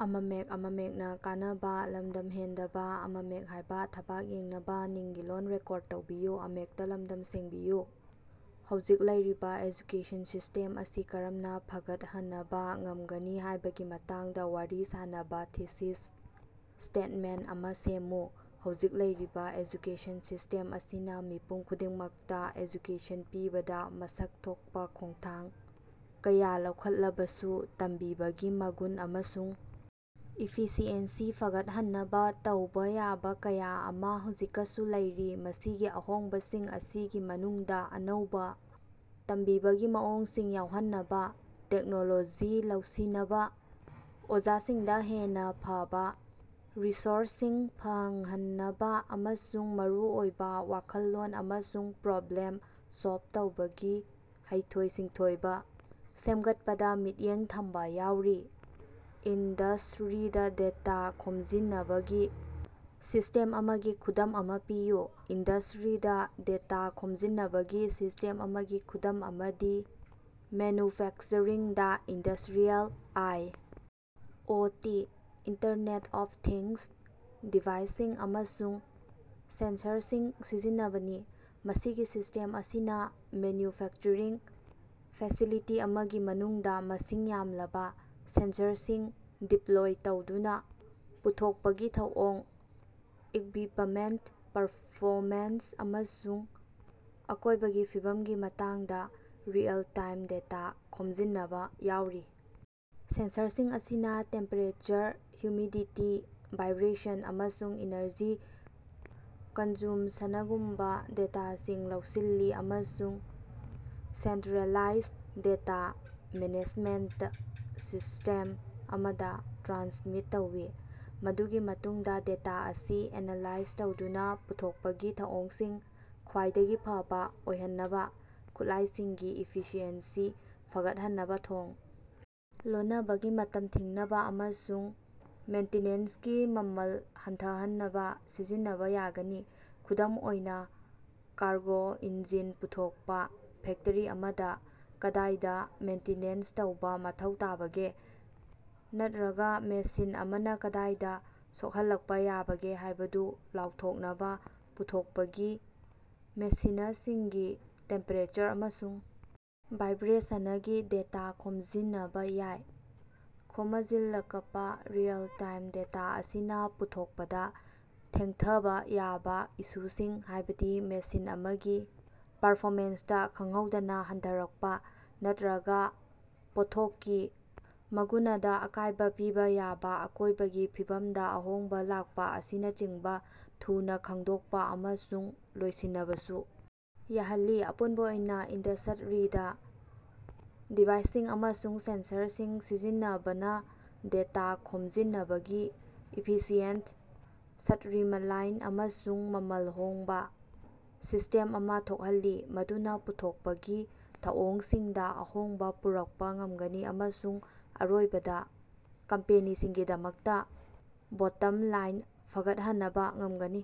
ꯍꯧꯖꯤꯛ ꯂꯩꯔꯤꯕ education system ꯑꯁꯤ ꯀꯔꯝꯅ ꯐꯒꯠꯍꯅꯕ ꯉꯝꯒꯅꯤ ꯍꯥꯏꯕꯒꯤ ꯃꯇꯥꯡꯗ ꯋꯥꯔꯤ ꯁꯥꯅꯕ ꯊꯤꯁꯤꯁ ꯁ꯭ꯇꯦꯇꯃꯦꯟꯇ ꯑꯃꯥ ꯁꯦꯝꯃꯨ꯫ ꯍꯧꯖꯤꯛ ꯂꯩꯔꯤꯕ ꯑꯦꯖꯨꯀꯦꯁꯟ ꯁꯤꯁ꯭ꯇꯦꯝ ꯑꯁꯤꯅ ꯃꯤꯄꯨꯝ ꯈꯨꯗꯤꯡꯃꯛꯇ ꯑꯦꯖꯨꯀꯦꯁꯟ ꯄꯤꯕꯗ ꯃꯁꯛ ꯊꯣꯛꯄ ꯈꯣꯡꯊꯥꯡ ꯀꯌꯥ ꯂꯧꯈꯠꯂꯕꯁꯨ, ꯇꯝꯕꯤꯕꯒꯤ ꯃꯒꯨꯟ ꯑꯃꯁꯨꯡ ꯏꯐꯤꯁꯤꯑꯦꯟꯁꯤ ꯐꯒꯠꯍꯟꯅꯕ ꯇꯧꯕ ꯌꯥꯕ ꯀꯌꯥ ꯑꯃꯥ ꯍꯧꯖꯤꯀꯁꯨ ꯂꯩꯔꯤ ꯃꯁꯤꯒꯤ ꯑꯍꯣꯡꯕꯁꯤꯡ ꯑꯁꯤꯒꯤ ꯃꯅꯨꯡꯗꯥ ꯑꯅꯧꯕ ꯇꯝꯕꯤꯕꯒꯤ ꯃꯑꯣꯡꯁꯤꯡ ꯌꯥꯑꯣꯍꯟꯅꯕ, ꯇꯦꯛꯅꯣꯂꯣꯖꯤ ꯂꯧꯁꯤꯅꯕ, ꯑꯣꯖꯥꯁꯤꯡꯗ ꯍꯦꯟꯅ ꯐꯕꯥ ꯔꯤꯁꯣꯔꯁꯁꯤꯡ ꯐꯪꯍꯟꯅꯕꯥ, ꯑꯃꯁꯨꯡ ꯃꯔꯨꯑꯣꯏꯕ ꯋꯥꯈꯜꯂꯣꯟ ꯑꯃꯁꯨꯡ ꯄ꯭ꯔꯣꯕ꯭ꯂꯦꯝ ꯁꯣꯜꯕ ꯇꯧꯕꯒꯤ ꯍꯩꯊꯣꯏ-ꯁꯤꯡꯊꯣꯏꯕ ꯁꯦꯝꯒꯠꯄꯗ ꯃꯤꯠꯌꯦꯡ ꯊꯝꯕ ꯌꯥꯑꯣꯔꯤ꯫ ꯏꯟꯗꯁ꯭ꯇꯔꯤꯗ ꯗꯦꯇꯥ ꯈꯣꯝꯖꯤꯅꯕꯒꯤ ꯁꯤꯁꯇꯦꯝ ꯑꯃꯒꯤ ꯈꯨꯗꯝ ꯑꯃꯥ ꯄꯤꯌꯨ꯫ ꯏꯟꯗꯁ꯭ꯇꯔꯤꯗ ꯗꯦꯇꯥ ꯈꯣꯝꯖꯤꯅꯕꯒꯤ ꯁꯤꯁ꯭ꯇꯦꯝ ꯑꯃꯒꯤ ꯈꯨꯗꯝ ꯑꯃꯗꯤ ꯃꯦꯟꯌꯨꯐꯦꯛꯆꯔꯤꯡꯗꯥ industrial I O. T. (Internet of things) ꯗꯤꯚꯥꯏꯁꯁꯤꯡ ꯑꯃꯁꯨꯡ ꯁꯦꯟꯁꯔꯁꯤꯡ ꯁꯤꯖꯤꯟꯅꯕꯅꯤ꯫ ꯃꯁꯤꯒꯤ ꯁꯤꯁꯇꯦꯝ ꯑꯁꯤꯅꯥ ꯃꯦꯟꯌꯨꯐꯦꯛꯆꯔꯤꯡ ꯐꯦꯁꯤꯂꯤꯇꯤ ꯑꯃꯒꯤ ꯃꯅꯨꯡꯗꯥ ꯃꯁꯤꯡ ꯌꯥꯝꯂꯕ ꯁꯦꯟꯁꯔꯁꯤꯡ ꯗꯤꯞꯂꯣꯏ ꯇꯧꯗꯨꯅ ꯄꯨꯊꯣꯛꯄꯒꯤ ꯊꯧꯑꯣꯡ, ꯏꯛꯕꯤꯄꯃꯦꯟꯇ ꯄꯔꯐꯣꯃꯦꯟꯁ ꯑꯃꯁꯨꯡ ꯑꯀꯣꯏꯕꯒꯤ ꯐꯤꯕꯝꯒꯤ ꯃꯇꯥꯡꯗ ꯔꯤꯑꯦꯜ-ꯇꯥꯏꯝ ꯗꯦꯇꯥ ꯈꯣꯝꯖꯤꯅꯕꯥ ꯌꯥꯑꯣꯔꯤ꯫ ꯁꯦꯟꯁꯔꯁꯤꯡ ꯑꯁꯤꯅꯥ ꯇꯦꯝꯄꯦꯔꯦꯆꯔ, ꯍꯨꯃꯤꯗꯤꯇꯤ, ꯚꯥꯏꯕ꯭ꯔꯦꯁꯟ, ꯑꯃꯁꯨꯡ ꯏꯅꯔꯖꯤ ꯀꯟꯖꯨꯃꯁꯅꯒꯨꯝꯕ ꯗꯦꯇꯥꯁꯤꯡ ꯂꯧꯁꯤꯜꯂꯤ ꯑꯃꯁꯨꯡ ꯁꯦꯟꯠꯔꯦꯂꯥꯏꯖ ꯗꯦꯇꯥ ꯃꯦꯅꯦꯖꯃꯦꯟꯇ ꯁꯤꯁꯇꯦꯝ ꯑꯃꯗꯥ ꯇ꯭ꯔꯥꯟꯁꯃꯤꯠ ꯇꯧꯏ꯫ ꯃꯗꯨꯒꯤ ꯃꯇꯨꯡꯗꯥ ꯗꯦꯇꯥ ꯑꯁꯤ ꯑꯦꯅꯥꯂꯥꯏꯖ ꯇꯧꯗꯨꯅꯥ ꯄꯨꯊꯣꯛꯄꯒꯤ ꯊꯧꯑꯣꯡꯁꯤꯡ ꯈ꯭ꯋꯥꯏꯗꯒꯤ ꯐꯕꯥ ꯑꯣꯏꯍꯟꯅꯕ, ꯈꯨꯠꯂꯥꯏꯁꯤꯡꯒꯤ ꯏꯐꯤꯁꯤꯑꯦꯟꯁꯤ ꯐꯒꯠꯍꯟꯅꯕ, ꯊꯣꯡ ꯂꯣꯅꯕꯒꯤ ꯃꯇꯝ ꯊꯤꯡꯅꯕꯥ ꯑꯃꯁꯨꯡ ꯃꯦꯟꯇꯤꯅꯦꯟꯁꯀꯤ ꯃꯃꯜ ꯍꯟꯊꯍꯟꯅꯕ ꯁꯤꯖꯤꯟꯅꯕ ꯌꯥꯒꯅꯤ꯫ ꯈꯨꯗꯝ ꯑꯣꯏꯅꯥ, ꯀꯥꯔꯒꯣ ꯏꯟꯖꯤꯟ ꯄꯨꯊꯣꯛꯄ ꯐꯦꯛꯇꯔꯤ ꯑꯃꯥꯗ, ꯀꯗꯥꯏꯗ ꯃꯦꯟꯇꯤꯅꯦꯟꯁ ꯇꯧꯕ ꯃꯊꯧ ꯇꯥꯕꯒꯦ, ꯅꯠꯠꯔꯒ ꯃꯦꯁꯤꯟ ꯑꯃꯥꯅ ꯀꯗꯥꯏꯗ ꯁꯣꯛꯍꯜꯂꯛꯄ ꯌꯥꯕꯒꯦ ꯍꯥꯏꯕꯗꯨ ꯂꯥꯎꯊꯣꯛꯅꯕ ꯄꯨꯊꯣꯛꯄꯒꯤ ꯃꯦꯁꯤꯅꯁꯤꯡꯒꯤ ꯇꯦꯝꯄꯦꯔꯦꯆꯔ ꯑꯃꯁꯨꯡ ꯚꯥꯏꯕ꯭ꯔꯦꯁꯅꯒꯤ ꯗꯦꯇꯥ ꯈꯣꯝꯖꯤꯅꯕ ꯌꯥꯏ꯫ ꯈꯣꯃꯖꯤꯜꯂꯀꯄꯥ ꯔꯤꯑꯦꯜ-ꯇꯥꯏꯝ ꯗꯦꯇꯥ ꯑꯁꯤꯅꯥ ꯄꯨꯊꯣꯛꯄꯗ ꯊꯦꯡꯊꯥꯕ ꯌꯥꯕ ꯏꯁꯨꯁꯤꯡ, ꯍꯥꯏꯕꯗꯤ ꯃꯦꯁꯤꯟ ꯑꯃꯒꯤ ꯄꯔꯐꯣꯃꯦꯟꯁꯇꯥ ꯈꯪꯍꯧꯗꯅ ꯍꯟꯊꯔꯛꯄ, ꯅꯠꯠꯔꯒ ꯄꯣꯠꯊꯣꯛꯀꯤ ꯃꯒꯨꯅꯗꯥ ꯑꯀꯥꯏꯕ ꯄꯤꯕ ꯌꯥꯕ ꯑꯀꯣꯏꯕꯒꯤ ꯐꯤꯕꯝꯗ ꯑꯍꯣꯡꯕ ꯂꯥꯛꯄ ꯑꯁꯤꯅꯆꯤꯡꯕ ꯊꯨꯅ ꯈꯪꯗꯣꯛꯄ ꯑꯃꯁꯨꯡ ꯂꯣꯏꯁꯤꯅꯕꯁꯨ ꯌꯥꯍꯜꯂꯤ꯫ ꯑꯄꯨꯟꯕ ꯑꯣꯏꯅ, ꯏꯟꯗꯁ꯭ꯠꯔꯤꯗ ꯗꯤꯚꯥꯏꯁꯁꯤꯡ ꯑꯃꯁꯨꯡ ꯁꯦꯟꯁꯔꯁꯤꯡ ꯁꯤꯖꯤꯟꯅꯕꯅ ꯗꯦꯇꯥ ꯈꯣꯝꯖꯤꯅꯕꯒꯤ ꯏꯐꯤꯁꯤꯑꯦꯟꯇ, ꯁ꯭ꯠꯔꯤꯃꯂꯥꯏꯟ ꯑꯃꯁꯨꯡ ꯃꯃꯜ ꯍꯣꯡꯕ ꯁꯤꯁꯇꯦꯝ ꯑꯃꯥ ꯊꯣꯛꯍꯜꯂꯤ ꯃꯗꯨꯅ ꯄꯨꯊꯣꯛꯄꯒꯤ ꯊꯧꯑꯣꯡꯁꯤꯡꯗ ꯑꯍꯣꯡꯕ ꯄꯨꯔꯛꯄ ꯉꯝꯒꯅꯤ ꯑꯃꯁꯨꯡ ꯑꯔꯣꯏꯕꯗ ꯀꯝꯄꯦꯅꯤꯁꯤꯡꯒꯤꯗꯃꯛꯇꯥ ꯕꯣꯠꯇꯝ ꯂꯥꯏꯟ ꯐꯒꯠꯍꯅꯕ ꯉꯝꯒꯅꯤ꯫